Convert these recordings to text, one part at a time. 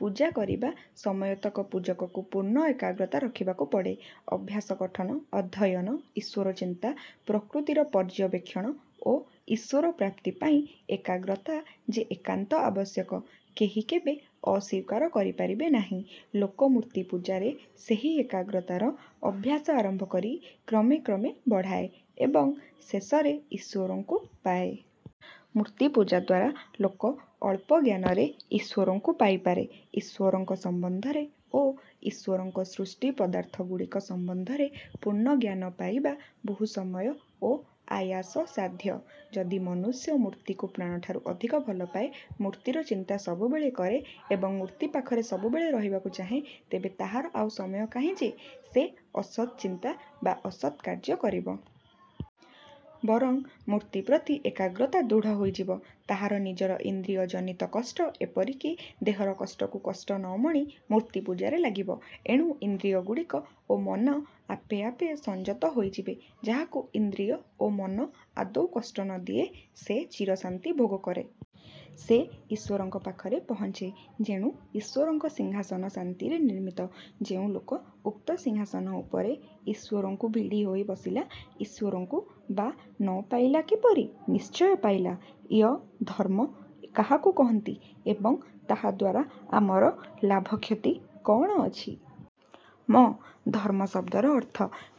ପୂଜା କରିବା ସମୟତକ ପୂଜକକୁ ପୂର୍ଣ୍ଣ ଏକାଗ୍ରତା ରଖିବାକୁ ପଡ଼େ। ଅଭ୍ୟାସ ଗଠନ, ଅଧ୍ୟୟନ, ଈଶ୍ଵର ଚିନ୍ତା, ପ୍ରକୃତିର ପର୍ଯ୍ୟବେକ୍ଷଣ ଓ ଈଶ୍ଵର ପ୍ରାପ୍ତି ପାଇଁ ଏକାଗ୍ରତା ଯେ ଏକାନ୍ତ ଆବଶ୍ୟକ; କେହି କେବେ ଅସ୍ଵୀକାର କରିପାରିବେ ନାହିଁ। ଲୋକ ମୂର୍ତ୍ତି ପୂଜାରେ ସେହି ଏକାଗ୍ରତାର ଅଭ୍ୟାସ ଆରମ୍ଭ କରି କ୍ରମେ କ୍ରମେ ବଢ଼ାଏ ଏବଂ ଶେଷରେ ଈଶ୍ଵରଙ୍କୁ ପାଏ। ମୂର୍ତ୍ତି ପୂଜାଦ୍ୱାରା ଲୋକ ଅଳ୍ପ ଜ୍ଞାନରେ ଈଶ୍ଵରଙ୍କୁ ପାଇ ପାରେ। ଈଶ୍ଵରଙ୍କ ସମ୍ବନ୍ଧରେ ଓ ଈଶ୍ଵରଙ୍କ ସୃଷ୍ଟି ପଦାର୍ଥଗୁଡ଼ିକ ସମ୍ବନ୍ଧରେ ପୂର୍ଣ୍ଣ ଜ୍ଞାନ ପାଇବା ବହୁ ସମୟ ଓ ଆୟାସସାଧ୍ୟ। ଯଦି ମନୁଷ୍ୟ ମୂର୍ତ୍ତିକୁ ପ୍ରାଣଠାରୁ ଅଧିକ ଭଲ ପାଏ, ମୂର୍ତ୍ତିର ଚିନ୍ତା ସବୁବେଳେ କରେ ଏବଂ ମୂର୍ତ୍ତି ପାଖରେ ସବୁବେଳେ ରହିବାକୁ ଚାହେଁ, ତେବେ ତାହାର ଆଉ ସମୟ କାହିଁ ଯେ, ସେ ଅସତ୍ ଚିନ୍ତା ବା ଅସତ୍ କାର୍ଯ୍ୟ କରିବ? ବରଂ ମୂର୍ତ୍ତି ପ୍ରତି ଏକାଗ୍ରତା ଦୃଢ଼ ହୋଇଯିବ। ତାହାର ନିଜର ଇନ୍ଦ୍ରିୟ ଜନିତ କଷ୍ଟ ଏପରିକି ଦେହର କଷ୍ଟକୁ କଷ୍ଟ ନ ମଣି ମୂର୍ତ୍ତି ପୂଜାରେ ଲାଗିବ। ଏଣୁ ଇନ୍ଦ୍ରିୟଗୁଡ଼ିକ ଓ ମନ ଆପେ ଆପେ ସଂଯତ ହୋଇଯିବେ। ଯାହାକୁ ଇନ୍ଦ୍ରିୟ ଓ ମନ ଆଦୌ କଷ୍ଟ ନ ଦିଏ ସେ ଚିରଶାନ୍ତି ଭୋଗ କରେ। ସେ ଈଶ୍ଵରଙ୍କ ପାଖରେ ପହଞ୍ଚେ ଯେଣୁ ଈଶ୍ଵରଙ୍କ ସିଂହାସନ ଶାନ୍ତିରେ ନିର୍ମିତ। ଯେଉଁ ଲୋକ ଉକ୍ତ ସିଂହାସନ ଉପରେ ଈଶ୍ଵରଙ୍କୁ ଭିଡ଼ି ହୋଇ ବସିଲା, ଈଶ୍ଵରଙ୍କୁ ବା ନ ପାଇଲା କିପରି? ନିଶ୍ଚୟ ପାଇଲା। ୟ-ଧର୍ମ କାହାକୁ କହନ୍ତି ଏବଂ ତାହାଦ୍ୱାରା ଆମର। ଲାଭକ୍ଷତି କଅଣ ଅଛି। ମ-ଧର୍ମ ଶବ୍ଦର ଅର୍ଥ,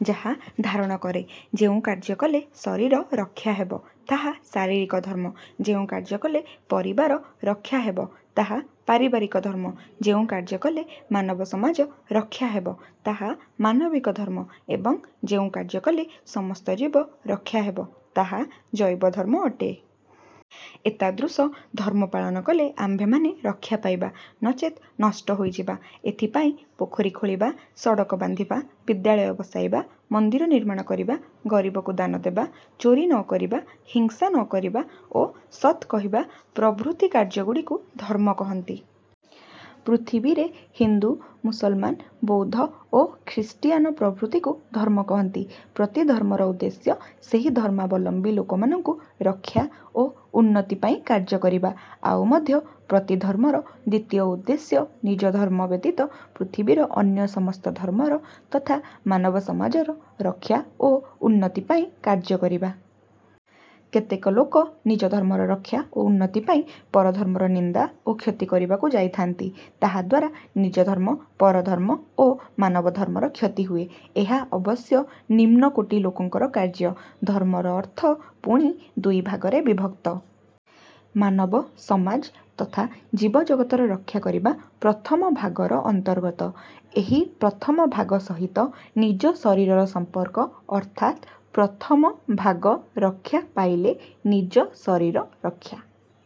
ଯାହା ଧାରଣ କରେ। ଯେଉଁ କାର୍ଯ୍ୟ କଲେ ଶରୀର ରକ୍ଷା ହେବ, ତାହା ଶାରୀରିକ ଧର୍ମ; ଯେଉଁ କାର୍ଯ୍ୟ କଲେ ପରିବାର ରକ୍ଷା ହେବ, ତାହା ପାରିବାରିକ ଧର୍ମ; ଯେଉଁ କାର୍ଯ୍ୟ କଲେ ମାନବ ସମାଜ ରକ୍ଷା ହେବ, ତାହା ମାନବିକ ଧର୍ମ ଏବଂ ଯେଉଁ କାର୍ଯ୍ୟ କଲେ ସମସ୍ତ ଜୀବ ରକ୍ଷା ହେବ, ତାହା ଜୈବ ଧର୍ମ ଅଟେ। ଏତାଦୃଶ ଧର୍ମ ପାଳନ କଲେ ଆମ୍ଭେମାନେ ରକ୍ଷା ପାଇବା, ନଚେତ୍ ନଷ୍ଟ ହୋଇଯିବା। ଏଥିପାଇଁ ପୋଖରୀ ଖୋଳିବା, ସଡ଼କ ବାନ୍ଧିବା, ବିଦ୍ୟାଳୟ ବସାଇବା, ମନ୍ଦିର ନିର୍ମାଣ କରିବା, ଗରିବକୁ ଦାନ ଦେବା, ଚୋରି ନ କରିବା, ହିଂସା ନ କରିବା ଓ ସତ୍ କହିବା ପ୍ରଭୃତି କାର୍ଯ୍ୟଗୁଡ଼ିକୁ ଧର୍ମ କହନ୍ତି। ପୃଥିବୀରେ ହିନ୍ଦୁ, ମୁସଲମାନ, ବୌଦ୍ଧ ଓ ଖ୍ରୀଷ୍ଟିୟାନ ପ୍ରଭୃତିକୁ ଧର୍ମ କହନ୍ତି। ପ୍ରତି ଧର୍ମର ଉଦ୍ଦେଶ୍ୟ, ସେହି ଧର୍ମାବଲମ୍ବୀ ଲୋକମାନଙ୍କୁ ରକ୍ଷା ଓ ଉନ୍ନତି ପାଇଁ କାର୍ଯ୍ୟ କରିବା। ଆଉ ମଧ୍ୟ ପ୍ରତି ଧର୍ମର ଦ୍ଵିତୀୟ ଉଦ୍ଦେଶ୍ୟ, ନିଜ ଧର୍ମ ବ୍ୟତୀତ ପୃଥିବୀର ଅନ୍ୟ ସମସ୍ତ ଧର୍ମର ତଥା ମାନବ ସମାଜର ରକ୍ଷା ଓ ଉନ୍ନତି ପାଇଁ କାର୍ଯ୍ୟ କରିବା। କେତେକ ଲୋକ ନିଜ ଧର୍ମର ରକ୍ଷା ଓ ଉନ୍ନତି ପାଇଁ ପର ଧର୍ମର ନିନ୍ଦା ଓ କ୍ଷତି କରିବାକୁ ଯାଇଥାନ୍ତି। ତାହାଦ୍ୱାରା ନିଜ-ଧର୍ମ, ପରଧର୍ମ ଓ ମାନବ-ଧର୍ମର କ୍ଷତି ହୁଏ। ଏହା ଅବଶ୍ୟ ନିମ୍ନକୋଟୀ ଲୋକଙ୍କର କାର୍ଯ୍ୟ। ଧର୍ମର ଅର୍ଥ ପୁଣି ଦୁଇ ଭାଗରେ ବିଭକ୍ତ। ମାନବ-ସମାଜ ତଥା ଜୀବ ଜଗତର ରକ୍ଷାକରିବା ପ୍ରଥମ ଭାଗର ଅନ୍ତର୍ଗତ। ଏହି ପ୍ରଥମ ଭାଗ ସହିତ ନିଜ ଶରୀରର ସମ୍ପର୍କ, ଅର୍ଥାତ୍ ପ୍ରଥମ ଭାଗ ରକ୍ଷା ପାଇଲେ ନିଜ ଶରୀର ରକ୍ଷା